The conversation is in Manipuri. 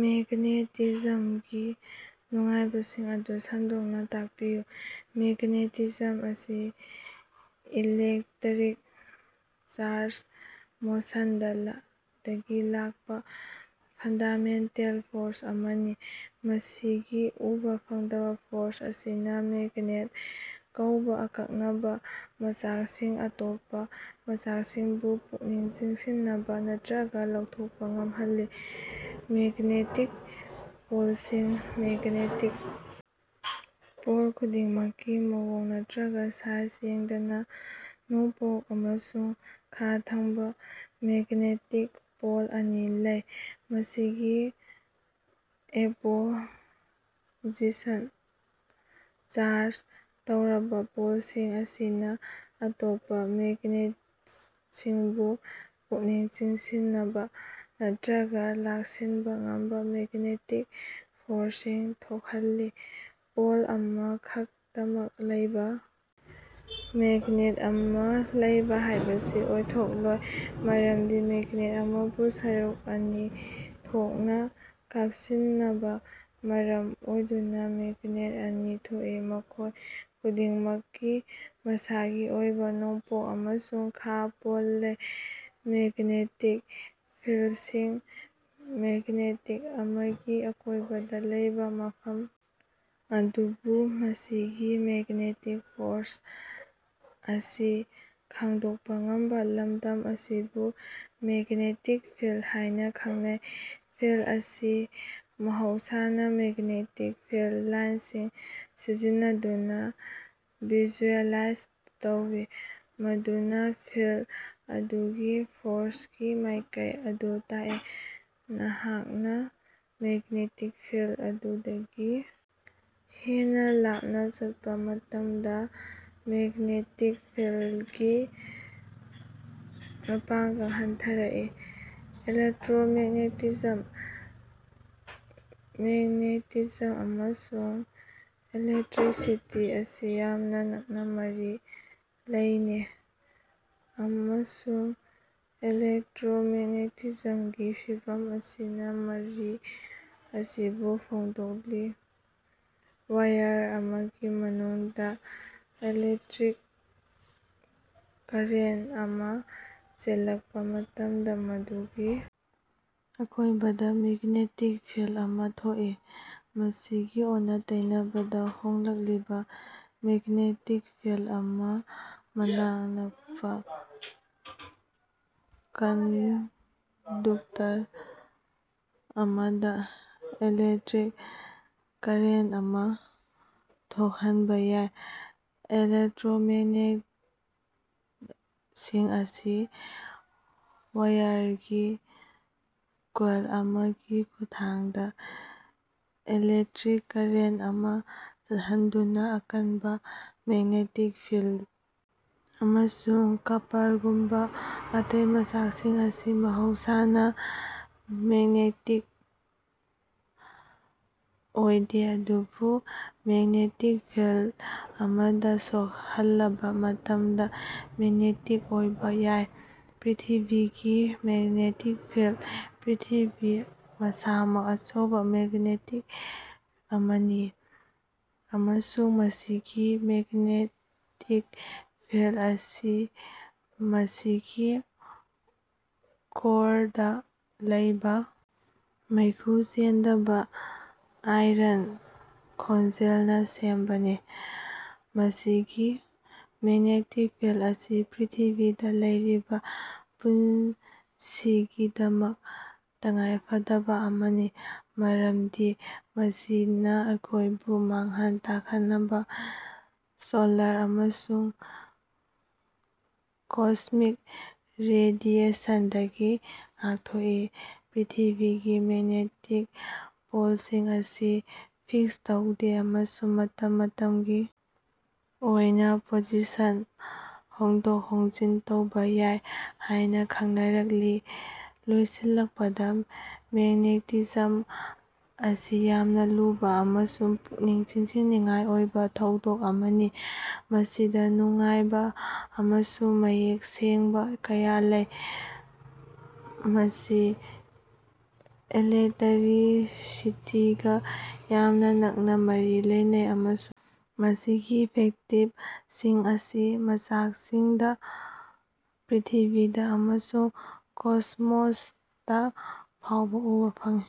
ꯃꯦꯒ꯭ꯅꯦꯇꯤꯖꯝꯒꯤ ꯅꯨꯡꯉꯥꯏꯕꯁꯤꯡ ꯑꯗꯨ ꯁꯟꯗꯣꯛꯅ ꯇꯥꯛꯄꯤꯌꯨ꯫ ꯃꯦꯒ꯭ꯅꯦꯇꯤꯖꯝ ꯑꯁꯤ ꯏꯂꯦꯛꯇꯔꯤꯛ ꯆꯥꯔꯖ ꯃꯣꯁꯟꯗꯂꯇꯒꯤ ꯂꯥꯛꯄꯥ ꯐꯟꯗꯥꯃꯦꯟꯇꯦꯜ ꯐꯣꯔꯁ ꯑꯃꯅꯤ꯫ ꯃꯁꯤꯒꯤ ꯎꯕ ꯐꯪꯗꯕ ꯐꯣꯔꯁ ꯑꯁꯤꯅ ꯃꯦꯒ꯭ꯅꯦꯠ ꯀꯧꯕꯥ ꯑꯀꯛꯅꯕ ꯃꯆꯥꯛꯁꯤꯡ ꯑꯇꯣꯞꯄꯥ ꯃꯆꯥꯛꯁꯤꯡꯕꯨ ꯄꯨꯛꯅꯤꯡ ꯆꯤꯡꯁꯤꯅꯕ ꯅꯠꯇ꯭ꯔꯒꯥ ꯂꯧꯊꯣꯛꯄꯥ ꯉꯝꯍꯜꯂꯤ꯫ ꯃꯦꯒ꯭ꯅꯦꯇꯤꯛ ꯄꯣꯜꯁꯤꯡ: ꯃꯦꯒ꯭ꯅꯦꯇꯤꯛ ꯄꯣꯜ ꯈꯨꯗꯤꯡꯃꯛꯀꯤ ꯃꯑꯣꯡ ꯅꯠꯇ꯭ꯔꯒꯥ ꯁꯥꯏꯖ ꯌꯦꯡꯗꯅ, ꯅꯣꯡꯄꯣꯛ ꯑꯃꯁꯨꯡ ꯈꯥ ꯊꯪꯕ ꯃꯦꯒ꯭ꯅꯦꯇꯤꯛ ꯄꯣꯜ ꯑꯅꯤ ꯂꯩ꯫ ꯃꯁꯤꯒꯤ ꯑꯦꯄꯣꯖꯤꯁꯟ ꯆꯥꯔꯖ ꯇꯧꯔꯕ ꯄꯣꯜꯁꯤꯡ ꯑꯁꯤꯅ ꯑꯇꯣꯞꯄꯥ ꯃꯦꯒ꯭ꯅꯦꯇꯁꯤꯡꯕꯨ ꯄꯨꯛꯅꯤꯡ ꯆꯤꯡꯁꯤꯅꯕ ꯅꯠꯇ꯭ꯔꯒꯥ ꯂꯥꯛꯁꯤꯟꯕ ꯉꯝꯕ ꯃꯦꯒ꯭ꯅꯦꯇꯤꯛ ꯐꯣꯔꯁꯁꯤꯡ ꯊꯣꯛꯍꯜꯂꯤ꯫ ꯄꯣꯜ ꯑꯃꯈꯛꯇꯃꯛ ꯂꯩꯕ ꯃꯦꯒ꯭ꯅꯦꯠ ꯑꯃ ꯂꯩꯕ ꯍꯥꯏꯕꯁꯤ ꯑꯣꯏꯊꯣꯛꯂꯣꯏ, ꯃꯔꯝꯗꯤ ꯃꯦꯒ꯭ꯅꯦꯠ ꯑꯃꯕꯨ ꯁꯔꯨꯛ ꯑꯅꯤ ꯊꯣꯛꯅ ꯀꯥꯞꯁꯤꯟꯕꯅ ꯃꯔꯝ ꯑꯣꯏꯗꯨꯅ ꯃꯦꯒ꯭ꯅꯦꯠ ꯑꯅꯤ ꯊꯣꯛꯏ, ꯃꯈꯣꯏ ꯈꯨꯗꯤꯡꯃꯛꯀꯤ ꯃꯁꯥꯒꯤ ꯑꯣꯏꯕ ꯅꯣꯡꯄꯣꯛ ꯑꯃꯁꯨꯡ ꯈꯥ ꯄꯣꯜ ꯂꯩ꯫ ꯃꯦꯒ꯭ꯅꯦꯇꯤꯛ ꯐꯤꯜꯗꯁꯤꯡ: ꯃꯦꯒ꯭ꯅꯦꯇꯤꯛ ꯑꯃꯒꯤ ꯑꯀꯣꯏꯕꯗ ꯂꯩꯕ ꯃꯐꯝ ꯑꯗꯨꯕꯨ ꯃꯁꯤꯒꯤ ꯃꯦꯒ꯭ꯅꯦꯇꯤꯛ ꯐꯣꯔꯁ ꯑꯁꯤ ꯈꯪꯗꯣꯛꯄꯥ ꯉꯝꯕ ꯂꯝꯗꯝ ꯑꯁꯤꯕꯨ ꯃꯦꯒ꯭ꯅꯦꯇꯤꯛ ꯐꯤꯜꯗ ꯍꯥꯏꯅ ꯈꯪꯅꯩ꯫ ꯐꯤꯜꯗ ꯑꯁꯤ ꯃꯍꯧꯁꯥꯅ ꯃꯦꯒ꯭ꯅꯦꯇꯤꯛ ꯐꯤꯜꯗ ꯂꯥꯏꯟꯁꯤꯡ ꯁꯤꯖꯤꯟꯅꯗꯨꯅ ꯚꯤꯖꯨꯑꯦꯂꯥꯏꯖ ꯇꯧꯏ, ꯃꯗꯨꯅ ꯐꯤꯜꯗ ꯑꯗꯨꯒꯤ ꯐꯣꯔꯁꯀꯤ ꯃꯥꯏꯀꯩ ꯑꯗꯨ ꯇꯥꯛꯏ꯫ ꯅꯍꯥꯛꯅ ꯃꯦꯒ꯭ꯅꯦꯇꯤꯛ ꯐꯤꯜꯗ ꯑꯗꯨꯗꯒꯤ ꯍꯦꯟꯅ ꯂꯥꯞꯅ ꯆꯠꯄꯥ ꯃꯇꯝꯗ ꯃꯦꯒ꯭ꯅꯦꯇꯤꯛ ꯐꯤꯜꯗꯀꯤ ꯃꯄꯥꯡꯒꯜ ꯍꯟꯊꯔꯛꯏ꯫ ꯏꯂꯦꯛꯇꯔꯣꯃꯦꯒ꯭ꯅꯦꯇꯤꯖꯝ: ꯃꯦꯒ꯭ꯅꯦꯇꯤꯖꯝ ꯑꯃꯁꯨꯡ ꯏꯂꯦꯛꯇꯔꯤꯁꯤꯇꯤ ꯑꯁꯤ ꯌꯥꯝꯅ ꯅꯛꯅ ꯃꯔꯤ ꯂꯩꯅꯦ, ꯑꯃꯁꯨꯡ ꯏꯂꯦꯛꯇꯔꯣꯃꯦꯒ꯭ꯅꯦꯇꯤꯖꯝꯒꯤ ꯐꯤꯚꯝ ꯑꯁꯤꯅ ꯃꯔꯤ ꯑꯁꯤꯕꯨ ꯐꯣꯡꯗꯣꯛꯂꯤ꯫ ꯋꯥꯏꯌꯔ ꯑꯃꯒꯤ ꯃꯅꯨꯡꯗ ꯏꯂꯦꯛꯇꯔꯤꯛ ꯀꯔꯦꯟꯇ ꯑꯃꯥ ꯆꯦꯜꯂꯛꯄꯥ ꯃꯇꯝꯗ ꯃꯗꯨꯒꯤ ꯑꯀꯣꯏꯕꯗ ꯃꯦꯒ꯭ꯅꯦꯇꯤꯛ ꯐꯤꯜꯗ ꯑꯃ ꯊꯣꯛꯏ꯫ ꯃꯁꯤꯒꯤ ꯑꯣꯟꯅ-ꯇꯩꯅꯕꯗ, ꯍꯣꯡꯂꯛꯂꯤꯕ ꯃꯦꯒ꯭ꯅꯦꯇꯤꯛ ꯐꯤꯜꯗ ꯑꯃ ꯃꯅꯥꯛ ꯅꯛꯄꯥ ꯀꯟꯗꯨꯛꯇꯔ ꯑꯃꯗ ꯑꯦꯂꯦꯛꯇꯔꯤꯛ ꯀꯔꯦꯟꯇ ꯑꯃ ꯊꯣꯛꯍꯟꯕ ꯌꯥꯏ꯫ ꯑꯦꯂꯦꯛꯇꯔꯣꯃꯦꯒ꯭ꯅꯦꯇꯁꯤꯡ ꯑꯁꯤ ꯋꯥꯏꯌꯥꯔꯒꯤ ꯀꯣꯏꯜ ꯑꯃꯒꯤ ꯈꯨꯠꯊꯥꯡꯗ ꯑꯦꯂꯦꯛꯇꯔꯤꯛ ꯀꯔꯦꯟꯇ ꯑꯃ ꯆꯠꯍꯟꯗꯨꯅ ꯑꯀꯟꯕ ꯃꯦꯒ꯭ꯅꯦꯇꯤꯛ ꯐꯤꯜꯗ ꯑꯃꯁꯨꯡ ꯀꯄꯥꯔꯒꯨꯝꯕ ꯑꯇꯩ ꯃꯆꯥꯛꯁꯤꯡ ꯑꯁꯤ ꯃꯍꯧꯁꯥꯅ ꯃꯦꯒ꯭ꯅꯦꯇꯤꯛ ꯑꯣꯏꯗꯦ ꯑꯗꯨꯕꯨ ꯃꯦꯒ꯭ꯅꯦꯇꯤꯛ ꯐꯤꯜꯗ ꯑꯃꯗ ꯁꯣꯛꯍꯜꯂꯕ ꯃꯇꯝꯗ ꯃꯦꯒ꯭ꯅꯦꯇꯤꯛ ꯑꯣꯏꯕ ꯌꯥꯏ꯫ ꯄ꯭ꯔꯤꯊꯤꯕꯤꯒꯤ ꯃꯦꯒ꯭ꯅꯦꯇꯤꯛ ꯐꯤꯜꯗ: ꯄ꯭ꯔꯤꯊꯤꯕꯤ ꯃꯁꯥꯃꯛ ꯑꯆꯧꯕ ꯃꯦꯒ꯭ꯅꯦꯇꯤꯛ ꯑꯃꯅꯤ, ꯑꯃꯁꯨꯡ ꯃꯁꯤꯒꯤ ꯃꯦꯒ꯭ꯅꯦꯇꯤꯛ ꯐꯤꯜꯗ ꯑꯁꯤ ꯃꯁꯤꯒꯤ ꯀꯣꯔꯗꯥ ꯂꯩꯕ ꯃꯩꯈꯨ ꯆꯦꯟꯗꯕ ꯑꯥꯏꯔꯟ ꯈꯣꯡꯖꯦꯜꯅ ꯁꯦꯝꯕꯅꯤ꯫ ꯃꯁꯤꯒꯤ ꯃꯦꯒ꯭ꯅꯦꯇꯤꯛ ꯐꯤꯜꯗ ꯑꯁꯤ ꯄ꯭ꯔꯤꯊꯤꯕꯤꯗ ꯂꯩꯔꯤꯕ ꯄꯨꯟꯁꯤꯒꯤꯗꯃꯛ ꯇꯉꯥꯏꯐꯗꯕ ꯑꯃꯅꯤ, ꯃꯔꯝꯗꯤ ꯃꯁꯤꯅ ꯑꯩꯈꯣꯏꯕꯨ ꯃꯥꯡꯍꯟ ꯇꯥꯛꯍꯟꯅꯕ ꯁꯣꯂꯥꯔ ꯑꯃꯁꯨꯡ ꯀꯣꯁ꯭ꯃꯤꯛ ꯔꯦꯗꯤꯑꯦꯁꯟꯗꯒꯤ ꯉꯥꯛꯊꯣꯛꯏ꯫ ꯄ꯭ꯔꯤꯊꯤꯕꯤꯒꯤ ꯃꯦꯒ꯭ꯅꯦꯇꯤꯛ ꯄꯣꯜꯁꯤꯡ ꯑꯁꯤ ꯐꯤꯛꯁ ꯇꯧꯗꯦ ꯑꯃꯁꯨꯡ ꯃꯇꯝ ꯃꯇꯝꯒꯤ ꯑꯣꯏꯅ ꯄꯣꯖꯤꯁꯟ ꯍꯣꯡꯗꯣꯛ ꯍꯣꯡꯖꯤꯟ ꯇꯧꯕ ꯌꯥꯏ ꯍꯥꯏꯅ ꯈꯪꯅꯔꯛꯂꯤ꯫ ꯂꯣꯏꯁꯤꯜꯂꯛꯄꯗ, ꯃꯦꯒ꯭ꯅꯦꯇꯤꯖꯝ ꯑꯁꯤ ꯌꯥꯝꯅ ꯂꯨꯕ ꯑꯃꯁꯨꯡ ꯄꯨꯛꯅꯤꯡ ꯆꯤꯡꯁꯤꯟꯅꯤꯡꯉꯥꯏ ꯑꯣꯏꯕ ꯊꯧꯗꯣꯛ ꯑꯃꯅꯤ, ꯃꯁꯤꯗ ꯅꯨꯡꯉꯥꯏꯕ ꯑꯃꯁꯨꯡ ꯃꯌꯦꯛ ꯁꯦꯡꯕ ꯀꯌꯥ ꯂꯩ꯫ ꯃꯁꯤ ꯑꯦꯂꯦꯛꯇꯔꯤꯁꯤꯇꯤꯒ ꯌꯥꯝꯅ ꯅꯛꯅ ꯃꯔꯤ ꯂꯩꯅꯩ, ꯑꯃꯁꯨꯡ ꯃꯁꯤꯒꯤ ꯏꯐꯦꯛꯇꯤꯕꯁꯤꯡ ꯑꯁꯤ ꯃꯆꯥꯛꯁꯤꯡꯗ, ꯄ꯭ꯔꯤꯊꯤꯕꯤꯗ ꯑꯃꯁꯨꯡ ꯀꯣꯁ꯭ꯃꯣꯁꯇꯥ ꯐꯥꯎꯕ ꯎꯕ ꯐꯪꯏ꯫